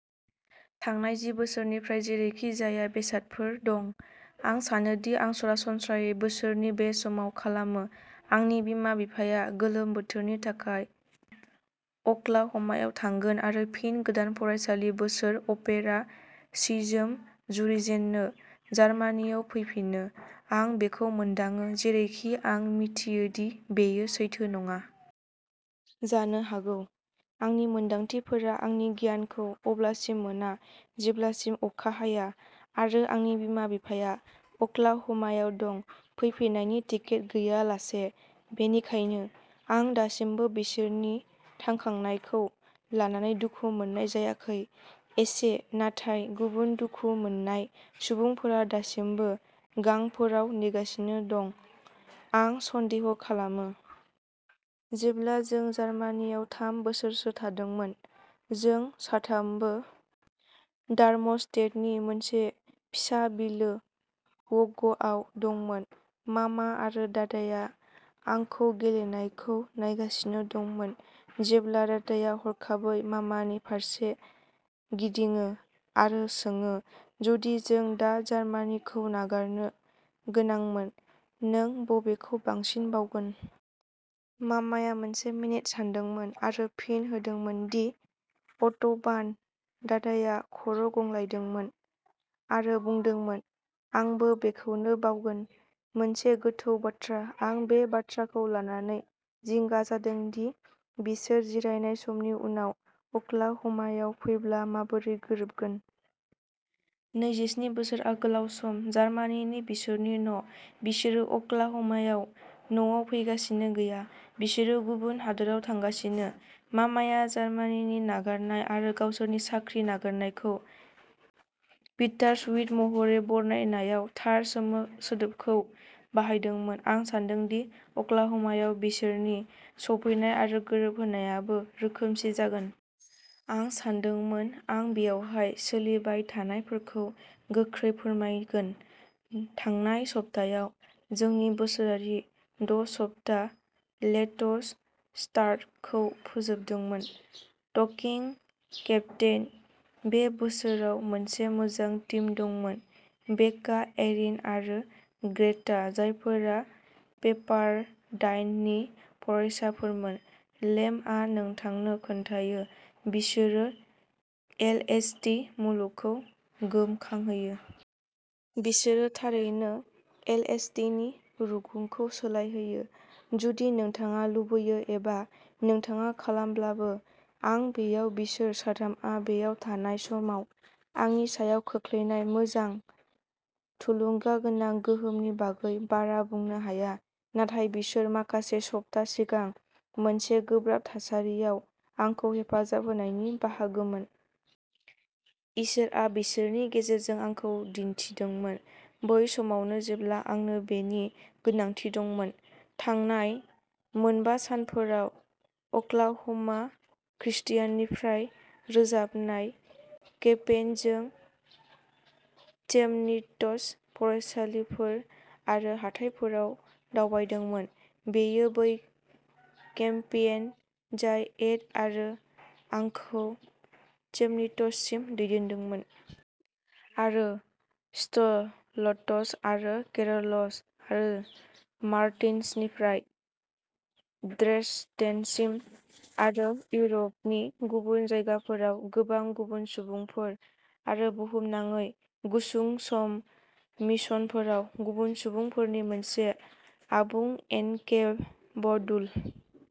थांनाय जि बोसोरनिफ्राय जेरैखिजाया बेसादफोर दं। आं सानोदि आं सरासनस्रायै बोसोरनि बे समाव खालामो आंनि बिमा-बिफाया गोलोम बोथोरनि थाखाय अक्लाह'मायाव थांगोन आरो फिन गोदान फरायसालि बोसोर अपेरा सिजोन जुरिजेननो जार्मानियाव फैफिनो। आं बेखौ मोनदाङो, जेरैखि आं मिथियो दि बेयो सैथो नङा। जानो हागौ, आंनि मोन्दांथिफोरा आंनि गियानखौ अब्लासिम मोना जेब्लासिम अखा हाया आरो आंनि बिमा-बिफाया अक्लाह'मायाव दं, फैफिननायनि टिकेट गैयालासे। बेनिखायनो, आं दासिमबो बिसोरनि थांखांनायखौ लानानै दुखु मोननाय जायाखै। एसे, नाथाय गुबुन दुखु मोननाय सुबुंफोरा दासिमबो गांफोराव नेगासिनो दं, आं सन्देह खालामो। जेब्ला जों जार्मानियाव थाम बोसोरसो थादोंमोन, जों साथामबो डार्मस्टेडनि मोनसे फिसा बिलो, व'गआव दंमोन। मामा आरो दादाया आंखौ गेलेनायखौ नायगासिनो दंमोन, जेब्ला दादाया हरखाबै मामानि फारसे गिदिङो आरो सोङो, जुदि जों दा जार्मानिखौ नागारनो गोनांमोन, नों बबेखौ बांसिन बावगोन? मामाया मोनसे मिनिट सानदोंमोन आरो फिन होदोंमोन दि अट'बान। दादाया खर' गंग्लायदोंमोन आरो बुंदोंमोन, आंबो बेखौनो बावगोन। मोनसे गोथौ बाथ्रा, आं बे बाथ्राखौ लानानै जिंगा जादों दि बिसोर जिरायनाय समनि उनाव अक्लाहमायाव फैब्ला माबोरै गोरोबगोन। नैजिस्नि बोसोरआ गोलाव सम। जार्मानि बिसोरनि न' बिसोरो अक्लाहमायाव न'आव फैगासिनो गैया बिसोरो गुबुन हादोराव थांगासिनो। मामाया जार्मानि नागारनाय आरो गावसोरनि साख्रि नागारनायखौ बिटारस्विट महरै बरनायनायाव थार सोदोबखौ बाहायदोंमोन। आं सान्दों दि अक्लाहमायाव बिसोरनि सफैनाय आरो गोरोबहोनायाबो रोखोमसे जागोन। आं सानदोंमोन आं बेवहाय सोलिबाय थानायफोरखौ गोख्रै फोरमायगोन। थांनाय सप्तायाव, जोंनि बोसोरारि द’ सप्ता लेट्स स्टार्टखौ फोजोबदोंमोन। ट'किं केम्पेइन। बे बोसोराव मोनसे मोजां टिम दंमोन बेका, एरिन आरो ग्रेटा, जायफोरा पेपारडाइननि फरायसाफोरमोन। लेमआ नोंथांनो खोन्थायो, बिसोरो एलएसटी मुलुगखौ गोमखांहोयो। बिसोर थारैनो एलएसटीनि रुगुंखौ सोलायहोयो, जुदि नोंथाङा लुबैयो एबा नोंथाङा खालामाब्लाबो। आं बेयाव बिसोर साथामआ बेयाव थानाय समाव आंनि सायाव खोख्लैनाय मोजां, थुलुंगागोनां गोहोमनि बागै बारा बुंनो हाया। नाथाय बिसोर माखासे सप्ता सिगां मोनसे गोब्राब थासारियाव आंखौ हेफाजाब होनायनि बाहागोमोन। इसोरआ बिसोरनि गेजेरजों आंखौ दिन्थिदोंमोन, बै समावनो जेब्ला आंनो बेनि गोनांथि दंमोन। थांनाय मोनबा सानफोराव, अक्लाह'मा क्रिस्टियाननिफ्राय रोजाबनाय केम्पेइनजों चेमनिट्ज फरायसालिफोर आरो हाथाइफोराव दावबायदोंमोन। बेयो बै केम्पेइन जाय एड आरो आंखौ चेमनिट्जसिम दैदेनदोंमोन। आरो स्ट'ल्ट्स आरो केर'ल्स आरो मार्टिन्सनिफ्राय ड्रेसडेनसिम। आरो इउरपनि गुबुन जायगाफोराव गोबां गुबुन सुबुंफोर आरो बुहुमनाङै गुसुं सम मिशनफोराव गुबुन सुबुंफोरनि मोनसे आबुंएनकेब'डुल।